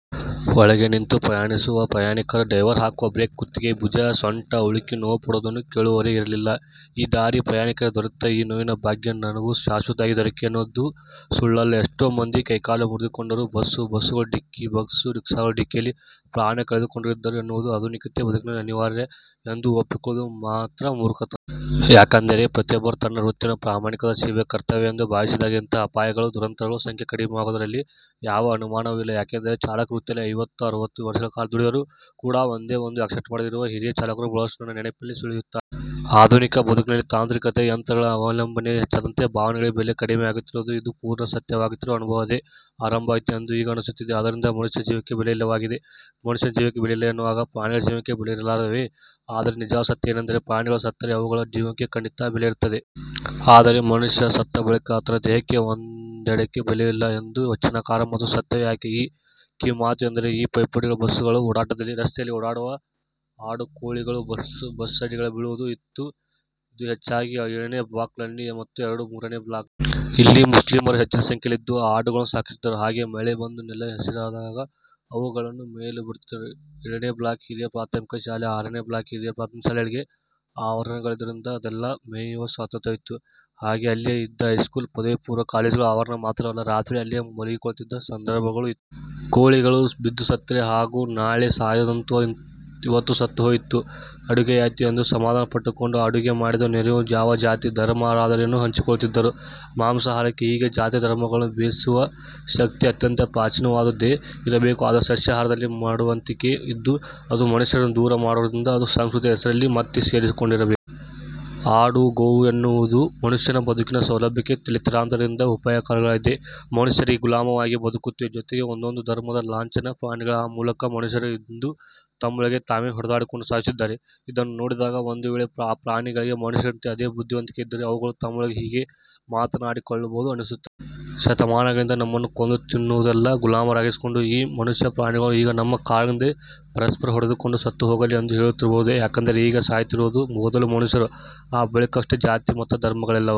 ಒಳಗೆ ನಿಂತು ಪ್ರಯಾಣಿಸುವ ಪ್ರಯಾಣಿಕರು ಡ್ರೈವರ್ ಹಾಕುವ ಬ್ರೇಕ್ಗೆ ಕುತ್ತಿಗೆ, ಭುಜ, ಸೊಂಟ ಉಳುಕಿ ನೋವು ಪಡುವುದನ್ನು ಕೇಳುವವರೇ ಇರಲಿಲ್ಲ. ಈ ದಾರಿಯ ಪ್ರಯಾಣಿಕರಿಗೆ ದೊರೆತ ಈ ನೋವಿನ ಭಾಗ್ಯ ನನಗೂ ಶಾಶ್ವತವಾಗಿ ದೊರಕಿದೆ ಎನ್ನುವುದು ಸುಳ್ಳಲ್ಲ. ಎಷ್ಟೋ ಮಂದಿ ಕೈ ಕಾಲು ಮುರಿದುಕೊಂಡವರೂ, ಬಸ್ಸು ಬಸ್ಸುಗಳ ಢಿಕ್ಕಿ, ಬಸ್ಸು ರಿಕ್ಷಾಗಳ ಢಿಕ್ಕಿಯಲ್ಲಿ ಪ್ರಾಣ ಕಳಕೊಂಡವರೂ ಇದ್ದರು ಎನ್ನುವುದು ಆಧುನಿಕತೆಯ ಬದುಕಿನಲ್ಲಿ ಅನಿವಾರ್ಯ ಎಂದು ಒಪ್ಪಿಕೊಳ್ಳುವುದು ಮಾತ್ರ ಮೂರ್ಖತನ. ಯಾಕೆಂದರೆ ಪ್ರತಿಯೊಬ್ಬನೂ ತನ್ನ ವೃತ್ತಿಯನ್ನು ಪ್ರಾಮಾಣಿಕವಾದ ಸೇವೆ, ಕರ್ತವ್ಯ ಎಂದು ಭಾವಿಸಿದಾಗ ಇಂತಹ ಅಪಾಯಗಳು, ದುರಂತಗಳ ಸಂಖ್ಯೆ ಕಡಿಮೆಯಾಗುವುದರಲ್ಲಿ ಯಾವ ಅನುಮಾನವೂ ಇಲ್ಲ. ಯಾಕೆಂದರೆ ಚಾಲಕ ವೃತ್ತಿಯಲ್ಲಿ ಐವತ್ತು, ಅರವತ್ತು ವರ್ಷಗಳ ಕಾಲ ದುಡಿದವರು ಕೂಡಾ ಒಂದೇ ಒಂದು ಆಕ್ಸಿಡೆಂಟ್ ಮಾಡದೆ ಇರುವ ಹಿರಿಯ ಚಾಲಕರು ಬಹಳಷ್ಟು ನನ್ನ ನೆನಪಿನಲ್ಲಿ ಸುಳಿಯುತ್ತಾರೆ. ಆಧುನಿಕ ಬದುಕಿನಲ್ಲಿ ತಾಂತ್ರಿಕತೆ, ಯಂತ್ರಗಳ ಅವಲಂಬನೆ ಹೆಚ್ಚಾದಂತೆ ಭಾವನೆಗಳಿಗೆ ಬೆಲೆ ಕಡಿಮೆಯಾಗುತ್ತಿರುವುದು ಇಂದು ಪೂರ್ಣ ಸತ್ಯವಾಗುತ್ತಿರುವ ಅನುಭವ ಅಂದೇ ಆರಂಭವಾಯಿತು ಎಂದು ಈಗ ಅನ್ನಿಸುತ್ತಿದೆ. ಆದ್ದರಿಂದ ಮನುಷ್ಯ ಜೀವಕ್ಕೆ ಬೆಲೆ ಇಲ್ಲವಾಗಿದೆ. ಮನುಷ್ಯ ಜೀವಕ್ಕೆ ಬೆಲೆ ಇಲ್ಲ ಎನ್ನುವಾಗ ಪ್ರಾಣಿಗಳ ಜೀವಕ್ಕೆ ಬೆಲೆ ಇರಲಾರದಲ್ಲವೇ ಆದರೆ ನಿಜವಾದ ಸತ್ಯ ಏನೆಂದರೆ ಪ್ರಾಣಿಗಳು ಸತ್ತರೆ ಅವುಗಳ ಜೀವಕ್ಕೆ ಖಂಡಿತಾ ಬೆಲೆ ಇರುತ್ತದೆ. ಆದರೆ ಮನುಷ್ಯ ಸತ್ತ ಬಳಿಕ ಆತನ ದೇಹಕ್ಕೆ ಒಂದಡಕೆಯ ಬೆಲೆಯೂ ಇಲ್ಲ ಎಂದ ವಚನಕಾರರ ಮಾತು ಸತ್ಯವೇ ಯಾಕೆ ಈ ಕಿವಿಮಾತು ಎಂದರೆ ಈ ಪೈಪೋಟಿಯ ಬಸ್ಸುಗಳ ಓಡಾಟದಲ್ಲಿ ರಸ್ತೆಯಲ್ಲಿ ಓಡಾಡುವ ಆಡು, ಕೋಳಿಗಳು ಬಸ್ಸುಗಳಡಿ ಬೀಳುವುದೂ ಇತ್ತು. ಇದು ಹೆಚ್ಚಾಗಿ ಏಳನೆ ಬ್ಲಾಕ್ನಲ್ಲಿ ಮತ್ತು ಎರಡು, ಮೂರನೆ ಬ್ಲಾಕ್ನಲ್ಲಿ. ಇಲ್ಲಿ ಮುಸ್ಲಿಮರು ಹೆಚ್ಚಿನ ಸಂಖ್ಯೆಯಲ್ಲಿದ್ದು ಆಡುಗಳನ್ನು ಸಾಕುತ್ತಿದ್ದರು. ಹಾಗೆಯೇ ಮಳೆ ಬಂದು ನೆಲ ಹಸಿರಾದಾಗ ಅವುಗಳನ್ನು ಮೇಯಲು ಬಿಡುತ್ತಿದ್ದರು. ಏಳನೆ ಬ್ಲಾಕ್ನ ಹಿರಿಯ ಪ್ರಾಥಮಿಕ ಶಾಲೆ, ಆರನೆ ಬ್ಲಾಕ್ನ ಹಿರಿಯ ಪ್ರಾಥಮಿಕ ಶಾಲೆಗಳಿಗೆ ಆವರಣಗಳಿಲ್ಲದಿದ್ದುದರಿಂದ ಅಲ್ಲೆಲ್ಲಾ ಮೇಯುವ ಸ್ವಾತಂತ್ತ್ರ್ಯವಿತ್ತು. ಹಾಗೆಯೇ ಅಲ್ಲಿಯೇ ಇದ್ದ ಹೈಸ್ಕೂಲ್, ಪದವಿ ಪೂರ್ವ ಕಾಲೇಜುಗಳ ಆವರಣ ಮಾತ್ರವಲ್ಲ, ರಾತ್ರಿಯಿಡೀ ಅಲ್ಲೇ ಮಲಗಿಕೊಳ್ಳುತ್ತಿದ್ದ ಸಂದರ್ಭಗಳೂ ಇತ್ತು. ಕೋಳಿಗಳು ಬಿದ್ದು ಸತ್ತರೆ ಹೇಗೂ ನಾಳೆ ಸಾಯುವಂತಹುದು ಇವತ್ತು ಸತ್ತು ಹೋಯಿತು. ಅಡುಗೆಗಾಯ್ತು ಎಂದು ಸಮಾಧಾನಪಟ್ಟುಕೊಂಡು ಅಡುಗೆ ಮಾಡಿದವರು ನೆರೆಯವರು ಯಾವ ಜಾತಿ, ಧರ್ಮದವರಾದರೂ ಹಂಚಿಕೊಳ್ಳುತ್ತಿದ್ದರು. ಮಾಂಸಾಹಾರಕ್ಕೆ ಹೀಗೆ ಜಾತಿ ಧರ್ಮಗಳನ್ನು ಬೆಸೆಯುವ ಶಕ್ತಿ ಅತ್ಯಂತ ಪ್ರಾಚೀನವಾದುದೇ ಇರಬೇಕು. ಆದರೆ ಸಸ್ಯಾಹಾರದಲ್ಲಿ ಮಡಿವಂತಿಕೆ ಇದ್ದು, ಅದು ಮನುಷ್ಯರನ್ನು ದೂರ ಮಾಡುವುದರಿಂದ ಅದು ಸಂಸ್ಕೃತಿಯ ಹೆಸರಲ್ಲಿ ಮತ್ತೆ ಸೇರಿಕೊಂಡಿರಬೇಕು. ಆಡು, ಗೋವು ಎನ್ನುವುದು ಮನುಷ್ಯನ ಬದುಕಿನ ಸೌಲಭ್ಯಕ್ಕೆ ತಲೆತಲಾಂತರದಿಂದ ಉಪಕಾರಿಗಳಾಗಿ ಮನುಷ್ಯರಿಗೆ ಗುಲಾಮವಾಗಿ ಬದುಕುತ್ತಿವೆ. ಜೊತೆಗೆ ಒಂದೊಂದು ಧರ್ಮದ ಲಾಂಛನದ ಪ್ರಾಣಿಗಳಾಗಿ ಆ ಮೂಲಕ ಮನುಷ್ಯರು ಇಂದು ತಮ್ಮೊಳಗೆ ತಾವೇ ಹೊಡೆದಾಡಿಕೊಂಡು ಸಾಯುತ್ತಿದ್ದಾರೆ. ಇದನ್ನು ನೋಡಿದಾಗ ಒಂದು ವೇಳೆ ಆ ಪ್ರಾಣಿಗಳಿಗೆ ಮನುಷ್ಯರಂತೆ ಅತೀ ಬುದ್ಧಿವಂತಿಕೆ ಇದ್ದರೆ ಅವುಗಳು ತಮ್ಮೊಳಗೆ ಹೀಗೆ ಮಾತಾಡಿಕೊಳ್ಳಬಹುದು ಅನ್ನಿಸುತ್ತದೆ. ''ಶತಮಾನಗಳಿಂದ ನಮ್ಮನ್ನು ಕೊಂದು ತಿನ್ನುವುದಲ್ಲದೆ, ಗುಲಾಮರನ್ನಾಗಿಸಿಕೊಂಡ ಈ ಮನುಷ್ಯ ಪ್ರಾಣಿಗಳು ಈಗ ನಮ್ಮ ಕಾರಣಗಳಿಂದಲೇ ಪರಸ್ಪರ ಹೊಡೆದುಕೊಂಡು ಸತ್ತು ಹೋಗಲಿ'' ಎಂದು ಹೇಳುತ್ತಿರಬಹುದೇ ಯಾಕೆಂದರೆ ಹೀಗೆ ಸಾಯುತ್ತಿರುವವರು ಮೊದಲು ಮನುಷ್ಯರು, ಆ ಬಳಿಕವಷ್ಟೇ ಜಾತಿ, ಮತ, ಧರ್ಮಗಳಲ್ಲವೇ.